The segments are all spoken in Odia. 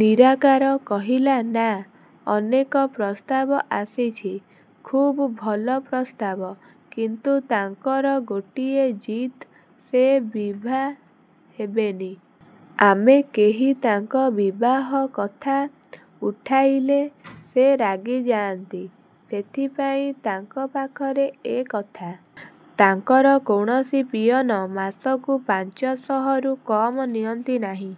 ନିରାକାର କହିଲା-ନା! ଅନେକ ପ୍ରସ୍ତାବ ଆସିଛି। ଖୁବ୍ ଭଲ ପ୍ରସ୍ତାବ; କିନ୍ତୁ ତାଙ୍କର ଗୋଟିଏ ଜିଦ୍ ସେ ବିଭା ହେବେନି। ଆମେ କେହି ତାଙ୍କ ବିବାହ କଥା ଉଠାଇଲେ, ସେ ରାଗି ଯାଆନ୍ତି। ସେଥିପାଇଁ ତାଙ୍କ ପାଖରେ ଏ କଥା। ତାଙ୍କର କୌଣସି ପିଅନ ମାସକୁ ପାଞ୍ଚଶହରୁ କମ୍ ନିଅନ୍ତି ନାହିଁ।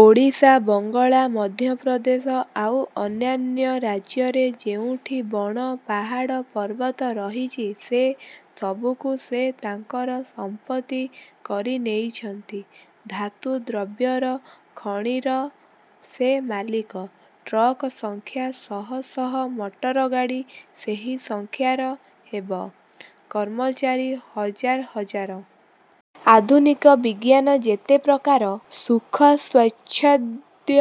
ଓଡ଼ିଶା, ବଙ୍ଗଳା, ମଧ୍ୟପ୍ରଦେଶ ଆଉ ଅନ୍ୟାନ୍ୟ ରାଜ୍ୟରେ ଯେଉଁଠି ବଣ ପାହାଡ଼ ପର୍ବତ ରହିଛି, ସେ ସବୁକୁ ସେ ତାଙ୍କର ସମ୍ପତ୍ତି କରିନେଇଛନ୍ତି। ଧାତୁ ଦ୍ରବ୍ୟର ଖଣିର ସେ ମାଲିକ। ଟ୍ରକ୍ ସଂଖ୍ୟା ଶହ ଶହ, ମଟରଗାଡ଼ି ସେହି ସଂଖ୍ୟାର ହେବ। କର୍ମଚାରୀ ହଜାର ହଜାର। ଆଧୁନିକ ବିଜ୍ଞାନ ଯେତେ ପ୍ରକାର ସୁଖସ୍ୱାଚ୍ଛନ୍ଦ୍ୟ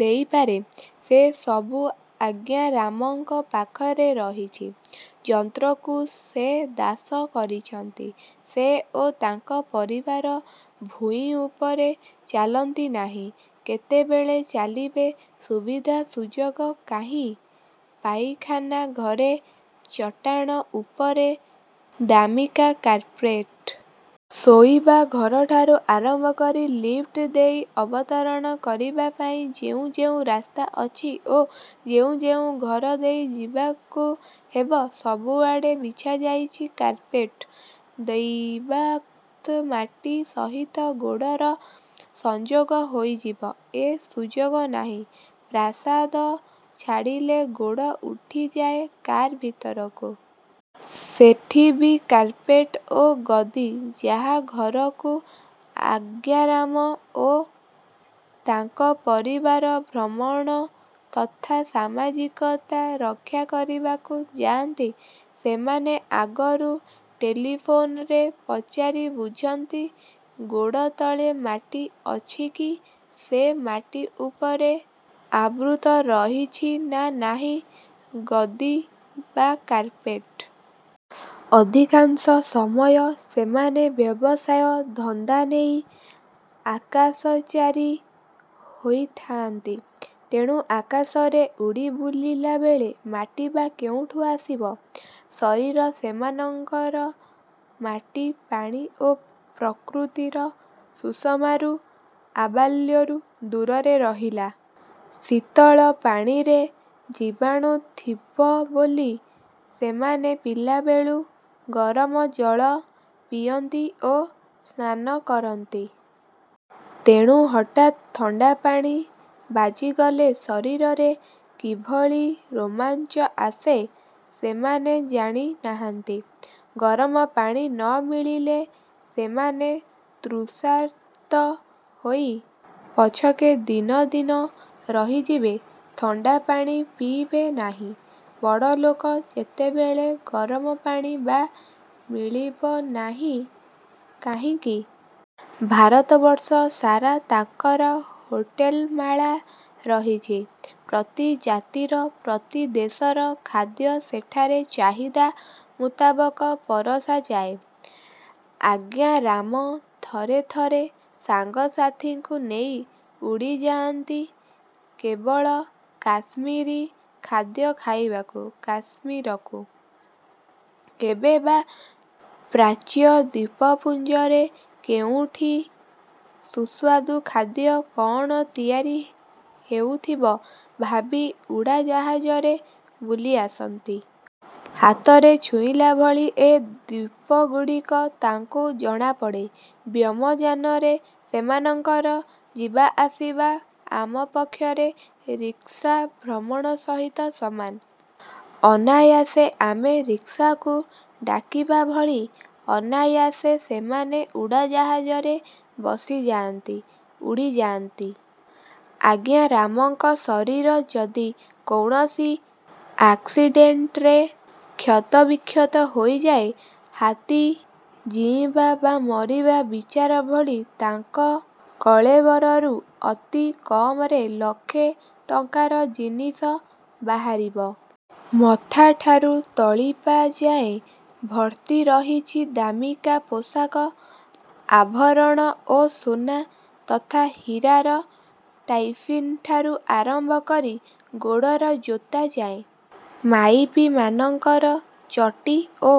ଦେଇପାରେ, ସେ ସବୁ ଆଜ୍ଞାରାମଙ୍କ ପାଖରେ ରହିଛି। ଯନ୍ତ୍ରକୁ ସେ ଦାସ କରିଛନ୍ତି। ସେ ଓ ତାଙ୍କ ପରିବାର ଭୂଇଁ ଉପରେ ଚାଲନ୍ତି ନାହିଁ-। କେତେବେଳେ ଚାଲିବେ-ସୁବିଧା ସୁଯୋଗ କାହିଁ? ପାଇଖାନା ଘରେ ଚଟାଣ ଉପରେ ଦାମିକା କାର୍ପେଟ। ଶୋଇବା ଘରଠାରୁ ଆରମ୍ଭ କରି ଲିଫ୍ଟ ଦେଇ ଅବତରଣ କରିବାପାଇଁ ଯେଉଁ ଯେଉଁ ରାସ୍ତା ଅଛି ଓ ଯେଉଁ ଯେଉଁ ଘର ଦେଇ ଯିବାକୁ ହେବ, ସବୁଆଡେ଼ ବିଛାଯାଇଛି କାର୍ପେଟ। ଦୈବାତ୍ ମାଟି ସହିତ ଗୋଡ଼ର ସଂଯୋଗ ହୋଇଯିବ, ଏ ସୁଯୋଗ ନାହିଁ। ପ୍ରାସାଦ ଛାଡ଼ିଲେ ଗୋଡ଼ ଉଠିଯାଏ କାର୍ ଭିତରକୁ। ସେଠି ବି କାର୍ପେଟ ଓ ଗଦି। ଯାହା ଘରକୁ ଆଜ୍ଞାରାମ ଓ ତାଙ୍କ ପରିବାର ଭ୍ରମଣ ତଥା ସମାଜିକତା ରକ୍ଷାକରିବାକୁ ଯାଆନ୍ତି, ସେମାନେ ଆଗରୁ ଟେଲିଫୋନରେ ପଚାରି ବୁଝନ୍ତି ଗୋଡ଼ ତଳେ ମାଟି ଅଛିକି-ସେ ମାଟି ଉପରେ ଆବୃତ ରହିଛି ନା ନାହିଁ ଗଦି ବା କାର୍ପେଟ୍। ଅଧିକାଂଶ ସମୟ ସେମାନେ ବ୍ୟବସାୟ ଧନ୍ଦାନେଇ ଆକାଶଚାରୀ ହୋଇ ଥାଆନ୍ତି। ତେଣୁ ଆକାଶରେ ଉଡ଼ିବୁଲିଲାବେଳେ ମାଟି ବା କେଉଁଠୁ ଆସିବ? ଶରୀର ସେମାନଙ୍କର ମାଟି, ପାଣି ଓ ପ୍ରକୃତିର ସୁଷମାରୁ ଆବାଲ୍ୟରୁ ଦୂରରେ ରହିଲା-। ଶୀତଳ ପାଣିରେ ଜୀବାଣୁ ଥିବବୋଲି ସେମାନେ ପିଲାବେଳୁ ଗରମ ଜଳ ପିଅନ୍ତି ଓ ସ୍ନାନ କରନ୍ତି-। ତେଣୁ ହଠାତ୍ ଥଣ୍ଡାପାଣି ବାଜିଗଲେ ଶରୀରରେ କିଭଳି ରୋମାଞ୍ଚ ଆସେ, ସେମାନେ ଜାଣି ନାହାଁନ୍ତି। ଗରମପାଣି ନ ମିଳିଲେ, ସେମାନେ ତୃଷାର୍ତ୍ତ ହୋଇ ପଛକେ ଦିନ ଦିନ ରହିଯିବେ, ଥଣ୍ଡା ପାଣି ପିଇବେ ନାହିଁ। ବଡ଼ଲୋକ ଯେତେବେଳେ, ଗରମ ପାଣି ବା ମିଳିବ ନାହିଁ କାହିଁକି? ଭାରତବର୍ଷ ସାରା ତାଙ୍କର ହୋଟେଲମାଳା ରହିଛି। ପ୍ରତି ଜାତିର, ପ୍ରତି ଦେଶର ଖାଦ୍ୟ ସେଠାରେ ଚାହିଦା ମୁତାବକ ପରଷାଯାଏ। ଆଜ୍ଞାରାମ ଥରେ ଥରେ ସାଙ୍ଗସାଥୀଙ୍କୁ ନେଇ ଉଡ଼ିଯାଆନ୍ତି କେବଳ କାଶ୍ମୀରୀ ଖାଦ୍ୟ ଖାଇବାକୁ କାଶ୍ମୀରକୁ। କେବେ ବା ପ୍ରାଚ୍ୟ ଦ୍ଵୀପପୁଞ୍ଜରେ କେଉଁଠି ସୁସ୍ୱାଦୁ ଖାଦ୍ୟ କଅଣ ତିଆରି ହେଉଥିବ ଭାବି ଉଡ଼ାଯାହାଜରେ ବୁଲିଆସନ୍ତି। ହାତରେ ଛୁଇଁଲା ଭଳି ଏ ଦ୍ଵୀପଗୁଡ଼ିକ ତାଙ୍କୁ ଜଣାପଡ଼େ। ବ୍ୟୋମଯାନରେ ସେମାନଙ୍କର ଯିବାଆସିବା ଆମ ପକ୍ଷରେ ରିକ୍ସା ଭ୍ରମଣ ସହିତ ସମାନ। ଅନାୟାସେ ଆମେ ରିକ୍ସାକୁ ଡାକିବା ଭଳି, ଅନାୟାସେ ସେମାନେ ଉଡ଼ାଜାହାଜରେ ବସିଯାଆନ୍ତି, ଉଡ଼ିଯାଆନ୍ତି। ଆଜ୍ଞାରାମଙ୍କ ଶରୀର ଯଦି କୌଣସି ଆକସିଡ଼େଣ୍ଟ୍ରେ କ୍ଷତବିକ୍ଷତ ହୋଇଯାଏ, ହାତୀ ଜୀଇବା ବା ମରିବା ବିଚାର ଭଳି ତାଙ୍କ କଳେବରରୁ ଅତି କମରେ ଲକ୍ଷେ ଟଙ୍କାର ଜିନିଷ ବାହାରିବ। ମଥାଠାରୁ ତଳିପାଯାଏ ଭର୍ତ୍ତି ରହିଛି ଦାମିକା ପୋଷାକ ଆଭରଣ ଓ ସୁନା ତଥା ହୀରାର ଟାଇପିନ୍ ଠାରୁ ଆରମ୍ଭ କରି ଗୋଡ଼ର ଜୋତା ଯାଏ। ମାଇପିମାନଙ୍କର ଚଟି ଓ